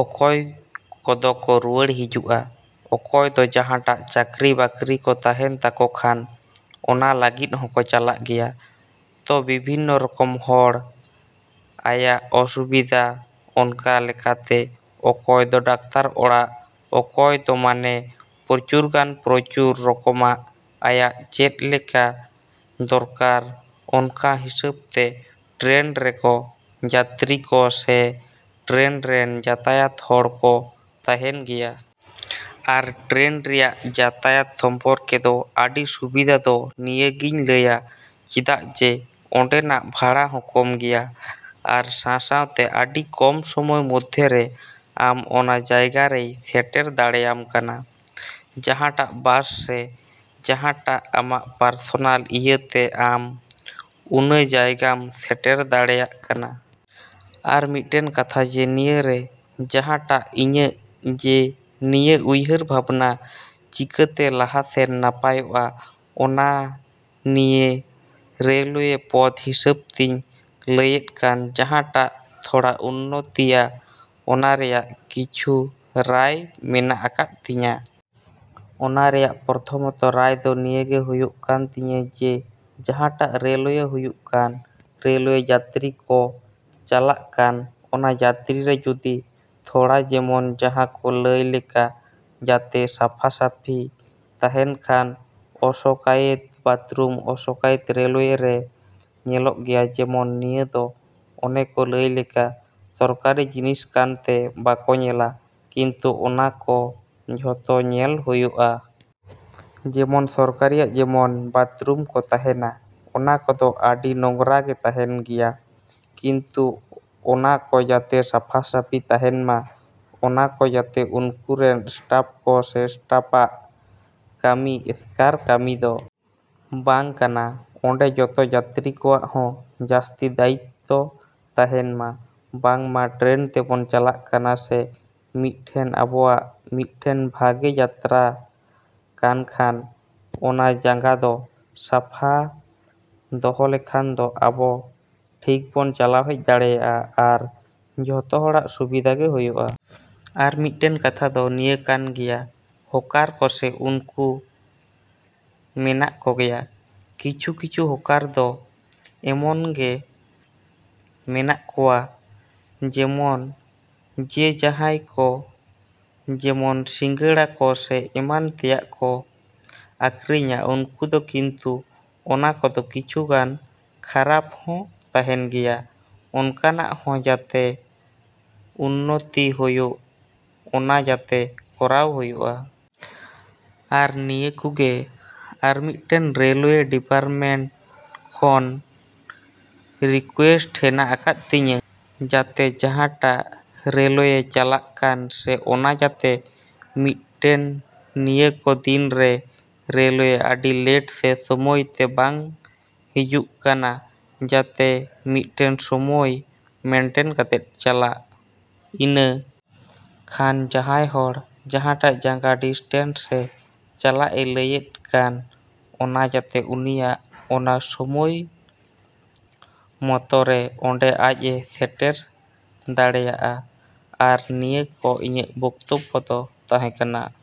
ᱚᱠᱚᱭ ᱠᱚᱫᱚ ᱠᱚ ᱨᱩᱭᱟᱹᱲ ᱦᱤᱡᱩᱜᱼᱟ ᱚᱠᱚᱭ ᱫᱚ ᱡᱟᱦᱟᱸᱴᱟᱜ ᱪᱟᱠᱨᱤ ᱵᱟᱠᱨᱤ ᱠᱚ ᱛᱟᱦᱮᱱ ᱛᱟᱠᱚ ᱠᱷᱟᱱ ᱚᱱᱟ ᱞᱟᱹᱜᱤᱫ ᱦᱚᱠᱚ ᱪᱟᱞᱟᱜ ᱜᱮᱭᱟ᱾ ᱛᱚ ᱵᱤᱵᱷᱤᱱᱱᱚ ᱨᱚᱠᱚᱢ ᱦᱚᱲ ᱟᱭᱟᱜ ᱚᱥᱩᱵᱤᱫᱷᱟ ᱚᱱᱠᱟ ᱞᱮᱠᱟᱛᱮ ᱚᱠᱚᱭ ᱫᱚ ᱰᱟᱠᱛᱚᱨ ᱚᱲᱟᱜ ᱚᱠᱚᱭ ᱫᱚ ᱢᱟᱱᱮ ᱯᱨᱚᱪᱩᱨ ᱜᱟᱱ ᱯᱨᱚᱪᱩᱨ ᱨᱚᱠᱚᱢᱟᱜ ᱟᱭᱟᱜ ᱪᱮᱫ ᱞᱮᱠᱟ ᱫᱚᱨᱠᱟᱨ ᱚᱱᱠᱟ ᱦᱤᱥᱟᱹᱵᱽ ᱛᱮ ᱴᱨᱮᱱ ᱨᱮᱠᱚ ᱡᱟᱛᱛᱨᱤ ᱠᱚ ᱥᱮ ᱴᱨᱮᱱ ᱨᱮᱱ ᱡᱟᱛᱟᱭᱟᱛ ᱦᱚᱲ ᱠᱚ ᱛᱟᱦᱮᱱ ᱜᱮᱭᱟ᱾ ᱟᱨ ᱴᱨᱮᱱ ᱨᱮᱭᱟᱜ ᱡᱟᱛᱟᱭᱟᱛ ᱥᱚᱢᱯᱨᱠᱮ ᱫᱚ ᱟᱹᱰᱤ ᱥᱩᱵᱤᱫᱷᱟ ᱫᱚ ᱱᱤᱭᱟᱹ ᱜᱮᱧ ᱞᱟᱹᱭᱟ ᱪᱮᱫᱟᱜ ᱡᱮ ᱚᱸᱰᱮᱱᱟᱜ ᱵᱷᱟᱲᱟ ᱦᱚᱸ ᱠᱚᱢ ᱜᱮᱭᱟ ᱟᱨ ᱥᱟᱶ ᱥᱟᱶᱛᱮ ᱟᱹᱰᱤ ᱠᱚᱢ ᱥᱳᱢᱳᱭ ᱢᱚᱫᱽᱫᱷᱮᱨᱮ ᱟᱢ ᱚᱱᱟ ᱡᱟᱭᱜᱟᱨᱮᱭ ᱥᱮᱴᱮᱨ ᱫᱟᱲᱮᱭᱟᱢ ᱠᱟᱱᱟ ᱡᱟᱦᱟᱸᱴᱟᱜ ᱵᱟᱥ ᱥᱮ ᱡᱟᱦᱟᱴᱟᱜ ᱟᱢᱟᱜ ᱯᱟᱨᱥᱚᱱᱟᱞ ᱤᱭᱟᱹᱛᱮ ᱟᱢ ᱩᱱᱟᱹ ᱡᱟᱭᱜᱟᱢ ᱥᱮᱴᱮᱨ ᱫᱟᱲᱮᱭᱟᱜ ᱠᱟᱱᱟ᱾ ᱟᱨ ᱢᱤᱫ ᱴᱮᱱ ᱠᱟᱛᱷᱟ ᱡᱮ ᱱᱤᱭᱟᱹᱨᱮ ᱡᱟᱦᱟ ᱴᱟᱜ ᱤᱧᱟᱹᱜ ᱡᱮ ᱱᱤᱭᱟᱹ ᱩᱭᱦᱟ.ᱨ ᱵᱷᱟᱵᱱᱟ ᱪᱤᱠᱟᱹᱛᱮ ᱞᱟᱦᱟ ᱥᱮᱱ ᱱᱟᱯᱟᱭ ᱚᱜ-ᱟ ᱚᱱᱟ ᱱᱤᱭᱟᱹ ᱨᱮᱞᱳᱣᱮ ᱯᱚᱫᱽ ᱦᱤᱥᱟᱹᱵ ᱛᱤᱧ ᱞᱟᱹᱭᱮᱫ ᱠᱟᱱ ᱡᱟᱦᱟᱸᱴᱟᱜ ᱛᱷᱚᱲᱟ ᱩᱱᱱᱚᱛᱤᱭᱟ ᱚᱱᱟ ᱨᱮᱭᱟᱜ ᱠᱤᱪᱷᱩ ᱨᱟᱭ ᱢᱮᱱᱟᱜ ᱟᱠᱟᱫ ᱛᱤᱧᱟ᱾ ᱚᱱᱟ ᱨᱮᱭᱟᱜ ᱯᱨᱚᱛᱷᱚᱢᱚᱛᱚ ᱨᱟᱭ ᱫᱚ ᱱᱤᱭᱟᱹᱜᱮ ᱦᱳᱭᱳᱜ ᱠᱟᱱ ᱛᱤᱧᱟ ᱡᱮ ᱡᱟᱦᱟᱸᱴᱟᱜ ᱨᱮᱞᱳᱣᱮ ᱦᱳᱭᱳᱜ ᱠᱟᱱ ᱨᱮᱞᱳᱣᱮ ᱡᱟᱛᱨᱤ ᱠᱚ ᱪᱟᱞᱟᱜ ᱠᱟᱱ ᱚᱱᱟ ᱡᱟᱛᱛᱨᱤ ᱨᱮ ᱡᱩᱫᱤ ᱛᱷᱚᱲᱟ ᱡᱮᱢᱚᱱ ᱡᱟᱦᱟᱸ ᱠᱚ ᱞᱟᱹᱭ ᱞᱮᱠᱟ ᱡᱟᱛᱮ ᱥᱟᱯᱷᱟ ᱥᱟᱹᱯᱷᱤ ᱛᱟᱦᱮᱱ ᱠᱷᱟᱱ ᱟᱥᱚᱠᱟᱭᱛᱮ ᱵᱟᱛᱨᱩᱢ ᱟᱥᱚᱠᱟᱭᱛᱮ ᱨᱮᱞᱳᱣᱮ ᱨᱮ ᱧᱮᱞᱚᱜ ᱜᱮᱭᱟ ᱡᱮᱢᱚᱱ ᱱᱤᱭᱟᱹ ᱫᱚ ᱚᱱᱮ ᱠᱚ ᱞᱟᱹᱭ ᱞᱮᱠᱟ ᱥᱚᱨᱠᱟᱨᱤ ᱡᱤᱱᱤᱥ ᱠᱟᱱ ᱛᱮ ᱵᱟᱠᱚ ᱧᱮᱞᱟ ᱠᱤᱱᱛᱩ ᱚᱱᱟ ᱠᱚ ᱡᱷᱚᱛᱚ ᱧᱮᱞ ᱦᱳᱭᱳᱜᱼᱟ᱾ ᱡᱮᱢᱚᱱ ᱥᱚᱨᱠᱟᱨᱤᱭᱟᱜ ᱡᱮᱢᱚᱱ ᱵᱟᱛᱷᱨᱩᱢ ᱠᱚ ᱛᱟᱦᱮᱱᱟ ᱚᱱᱟ ᱠᱚᱫᱚ ᱟᱹᱰᱤ ᱱᱚᱜᱽᱨᱟ ᱜᱮ ᱛᱟᱦᱮᱱ ᱜᱮᱭᱟ ᱠᱤᱱᱛᱩ ᱚᱱᱟᱠᱚ ᱡᱟᱛᱮ ᱥᱟᱯᱷᱟ ᱥᱟᱹᱯᱷᱤ ᱛᱟᱦᱮᱱ ᱢᱟ᱾ ᱚᱱᱟ ᱠᱚ ᱡᱟᱛᱮ ᱩᱱᱠᱩ ᱨᱮᱱ ᱥᱴᱟᱯ ᱠᱚ ᱥᱮ ᱥᱴᱟᱯᱟᱜ ᱠᱟᱢᱤ ᱮᱥᱠᱟᱨ ᱠᱟᱹᱢᱤ ᱫᱚ ᱵᱟᱝ ᱠᱟᱱᱟ ᱚᱸᱰᱮ ᱡᱚᱛᱚ ᱡᱟᱛᱨᱤ ᱠᱚᱣᱟᱜ ᱦᱚᱸ ᱡᱟᱥᱛᱤ ᱫᱟᱭᱤᱛᱛᱚ ᱛᱟᱦᱮᱱᱢᱟ ᱵᱟᱝᱢᱟ ᱴᱨᱮᱱ ᱛᱮᱵᱚᱱ ᱪᱟᱞᱟᱜ ᱠᱟᱱᱟ ᱥᱮ ᱢᱤᱫ ᱴᱮᱱ ᱟᱵᱚᱣᱟᱜ ᱢᱤᱫ ᱴᱮᱱ ᱵᱷᱟᱜᱮ ᱡᱟᱛᱛᱨᱟ ᱠᱟᱱ ᱠᱷᱟᱱ ᱚᱱᱟ ᱡᱟᱸᱜᱟ ᱫᱚ ᱥᱟᱯᱷᱟ ᱫᱚᱦᱚ ᱞᱮᱠᱷᱟᱱ ᱫᱚ ᱟᱵᱚ ᱴᱷᱤᱠ ᱵᱚᱱ ᱪᱟᱞᱟᱣ ᱦᱮᱡ ᱫᱟᱲᱮᱭᱟᱜᱼᱟ ᱟᱨ ᱡᱷᱚᱛᱚ ᱦᱚᱲᱟᱜ ᱥᱩᱵᱤᱫᱷᱟ ᱜᱮ ᱦᱳᱭᱳᱜᱼᱟ᱾ ᱟᱨ ᱢᱤᱫ ᱴᱮᱱ ᱠᱟᱛᱷᱟ ᱫᱚ ᱱᱤᱭᱟᱹ ᱠᱟᱱ ᱜᱮᱭᱟ ᱦᱚᱠᱟᱨ ᱠᱚ ᱥᱮ ᱩᱱᱠᱩ ᱢᱮᱱᱟᱜ ᱠᱚᱜᱮᱭᱟ ᱠᱤᱪᱷᱩ ᱠᱤᱪᱷᱩ ᱦᱚᱠᱟᱨ ᱫᱚ ᱮᱢᱚᱱ ᱜᱮ ᱢᱮᱱᱟᱜ ᱠᱚᱣᱟ ᱡᱮᱢᱚᱱ ᱡᱮ ᱡᱟᱦᱟᱸᱭ ᱠᱚ ᱡᱮᱢᱚᱱ ᱥᱤᱜᱟᱹᱲᱟ ᱠᱚ ᱥᱮ ᱮᱢᱟᱱ ᱛᱮᱭᱟᱜ ᱠᱚ ᱟᱹᱠᱷᱨᱤᱧᱟ ᱩᱱᱠᱩ ᱫᱚ ᱠᱤᱱᱛᱩ ᱚᱱᱟ ᱠᱚᱫᱚ ᱠᱤᱪᱷᱩ ᱜᱟᱱ ᱠᱷᱟᱨᱟᱯ ᱦᱚᱸ ᱛᱟᱦᱮᱱ ᱜᱮᱭᱟ ᱚᱱᱠᱟᱱᱟᱜ ᱦᱚᱸ ᱡᱟᱛᱮ ᱩᱱᱱᱚᱛᱤ ᱦᱳᱭᱳᱜ ᱚᱱᱟ ᱡᱟᱛᱮ ᱠᱚᱨᱟᱣ ᱦᱳᱭᱳᱜᱼᱟ᱾ ᱟᱨ ᱱᱤᱭᱟᱹ ᱠᱩᱜᱮ ᱟᱨ ᱢᱤᱫ ᱴᱮᱱ ᱨᱮᱞᱳᱣᱮ ᱰᱤᱯᱟᱨᱴᱢᱮᱱᱴ ᱠᱷᱚᱱ ᱨᱤᱠᱩᱭᱮᱥᱴ ᱦᱮᱱᱟᱜ ᱟᱠᱟᱫ ᱛᱤᱧᱟᱹ ᱡᱟᱛᱮ ᱡᱟᱦᱟᱸᱴᱟᱜ ᱨᱮᱞᱳᱣᱮ ᱪᱟᱞᱟᱜ ᱠᱟᱱ ᱥᱮ ᱚᱱᱟ ᱡᱟᱛᱮ ᱢᱤᱫ ᱴᱮᱱ ᱱᱤᱭᱟᱹᱠᱚ ᱫᱤᱱ ᱨᱮ ᱨᱮᱞᱳᱣᱮ ᱟᱹᱰᱤ ᱞᱮᱴ ᱥᱮ ᱥᱳᱢᱚᱭ ᱛᱮ ᱵᱟᱝ ᱦᱤᱡᱩᱜ ᱠᱟᱱᱟ ᱡᱟᱛᱮ ᱢᱤᱫ ᱴᱮᱱ ᱥᱳᱢᱳᱭ ᱢᱮᱱᱴᱮᱱ ᱠᱟᱛᱮ ᱪᱟᱞᱟᱜ ᱾ᱤᱱᱟᱹ ᱠᱷᱟᱱ ᱡᱟᱦᱟᱸᱭ ᱦᱚᱲ ᱡᱟᱦᱟᱸᱴᱟᱜ ᱡᱟᱸᱜᱟ ᱰᱤᱥᱴᱮᱱᱥᱮᱱ ᱪᱟᱞᱟᱜ ᱮ ᱞᱟᱹᱭᱮᱫ ᱠᱟᱱ ᱚᱱᱟ ᱡᱟᱛᱮ ᱩᱱᱤᱭᱟᱜ ᱚᱱᱟ ᱥᱳᱢᱳᱭ ᱢᱚᱛᱚᱨᱮ ᱚᱰᱮ ᱟᱡ ᱮ ᱥᱮᱴᱮᱨ ᱫᱟᱲᱮᱭᱟᱜᱼᱟ᱾ ᱟᱨ ᱱᱤᱭᱟᱹ ᱠᱚ ᱤᱧᱟᱜ ᱵᱚᱠᱛᱚᱵᱽᱵᱚ ᱫᱚ ᱛᱟᱦᱮᱸ ᱠᱟᱱᱟ᱾।